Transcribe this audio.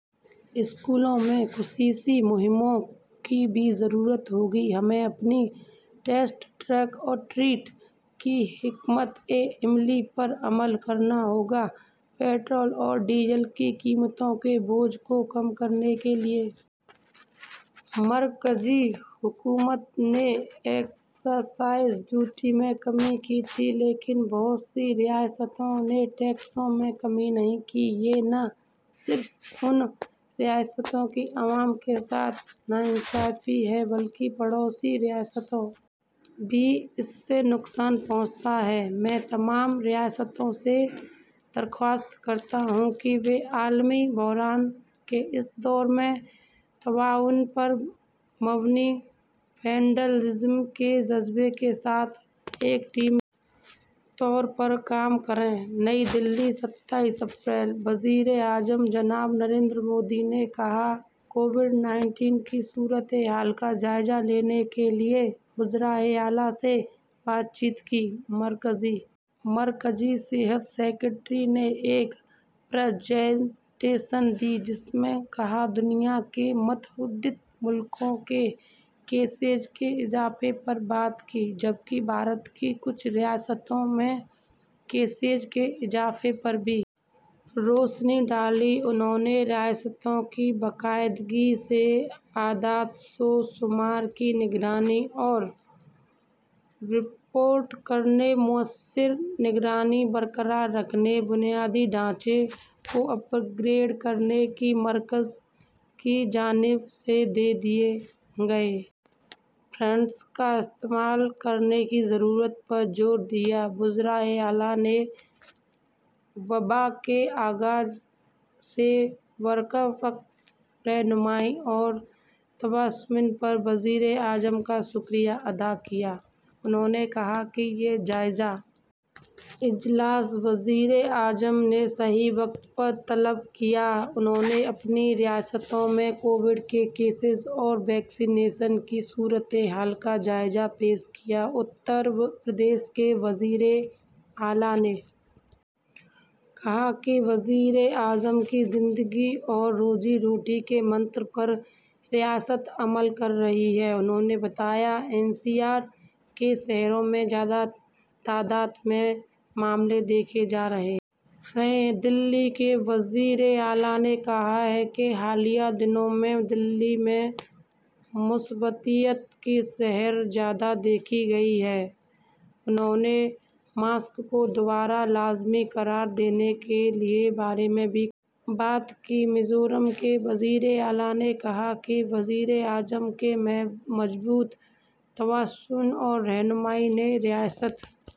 اسکولوں میں خصوصی مہمات کی بھی ضرورت ہوگی ہمیں اپنی ٹیسٹ ٹریک اور ٹریٹ کی حکمت عملی پر عمل کرنا ہوگا پٹرول اور ڈیزل کی قیمتوں کے بار کو کم کرنے کے لیے مرکزی حکومت نے ایکسائز ڈیوٹی میں کمی کی تھی لیکن بہت سی ریاستوں نے ٹیکسوں میں کمی نہیں کی یہ نہ صرف ان ریاستوں کے عوام کے ساتھ ناانصافی ہے بلکہ پڑوسی ریاستوں کو بھی اس سے نقصان پہنچتا ہے میں تمام ریاستوں سے درخواست کرتا ہوں کہ وہ عالمی بحران کے اس دور میں تعاون پر مبنی وفاقیت کے جذبے کے ساتھ ایک ٹیم کے طور پر کام کریں نئی دہلی ستائیس اپریل وزیر اعظم جناب نریندر مودی نے آج یہاں کووڈ انیس کی صورت حال کا جائزہ لینے کے لیے وزرائے اعلیٰ سے بات چیت کی مرکزی مرکزی سکریٹری صحت نے ایک پریزنٹیشن دی جس میں انہوں نے دنیا کے متعدد ممالک میں کیسز کے اضافے پر بات کی جبکہ بھارت کی کچھ ریاستوں میں کیسز کے اضافے پر بھی روشنی ڈالی انہوں نے ریاستوں کو باقاعدگی سے اعداد و شمار کی نگرانی اور رپورٹ کرنے موثر نگرانی برقرار رکھنے بنیادی ڈھانچے کو اپ گریڈ کرنے اور مرکز کی جانب سے دیے گئے فنڈز کا استعمال کرنے کی ضرورت پر زور دیا وزرائے اعلیٰ نے وبا کے آغاز سے بروقت رہنمائی اور تعاون پر وزیر اعظم کا شکریہ ادا کیا انہوں نے کہا کہ یہ جائزہ اجلاس وزیر اعظم نے صحیح وقت پر طلب کیا ہے انہوں نے اپنی ریاستوں میں کووڈ کے کیسز اور ویکسینیشن کی صورت حال کا جائزہ پیش کیا اتر پردیش کے وزیر اعلیٰ نے کہا کہ وزیر اعظم کی زندگی اور روزی روٹی کے منتر پر ریاست عمل کر رہی ہے انہوں نے بتایا کہ این سی آر کے شہروں میں زیادہ تعداد میں معاملات دیکھے جا رہے ہیں دہلی کے وزیر اعلیٰ نے کہا کہ حالیہ دنوں میں دہلی میں مثبتیت کی شرح زیادہ دیکھی گئی ہے انہوں نے ماسک کو دوبارہ لازمی قرار دینے کے بارے میں بھی بات کی میزورم کے وزیر اعلیٰ نے کہا کہ وزیر اعظم کے مضبوط تعاون اور رہنمائی نے ریاست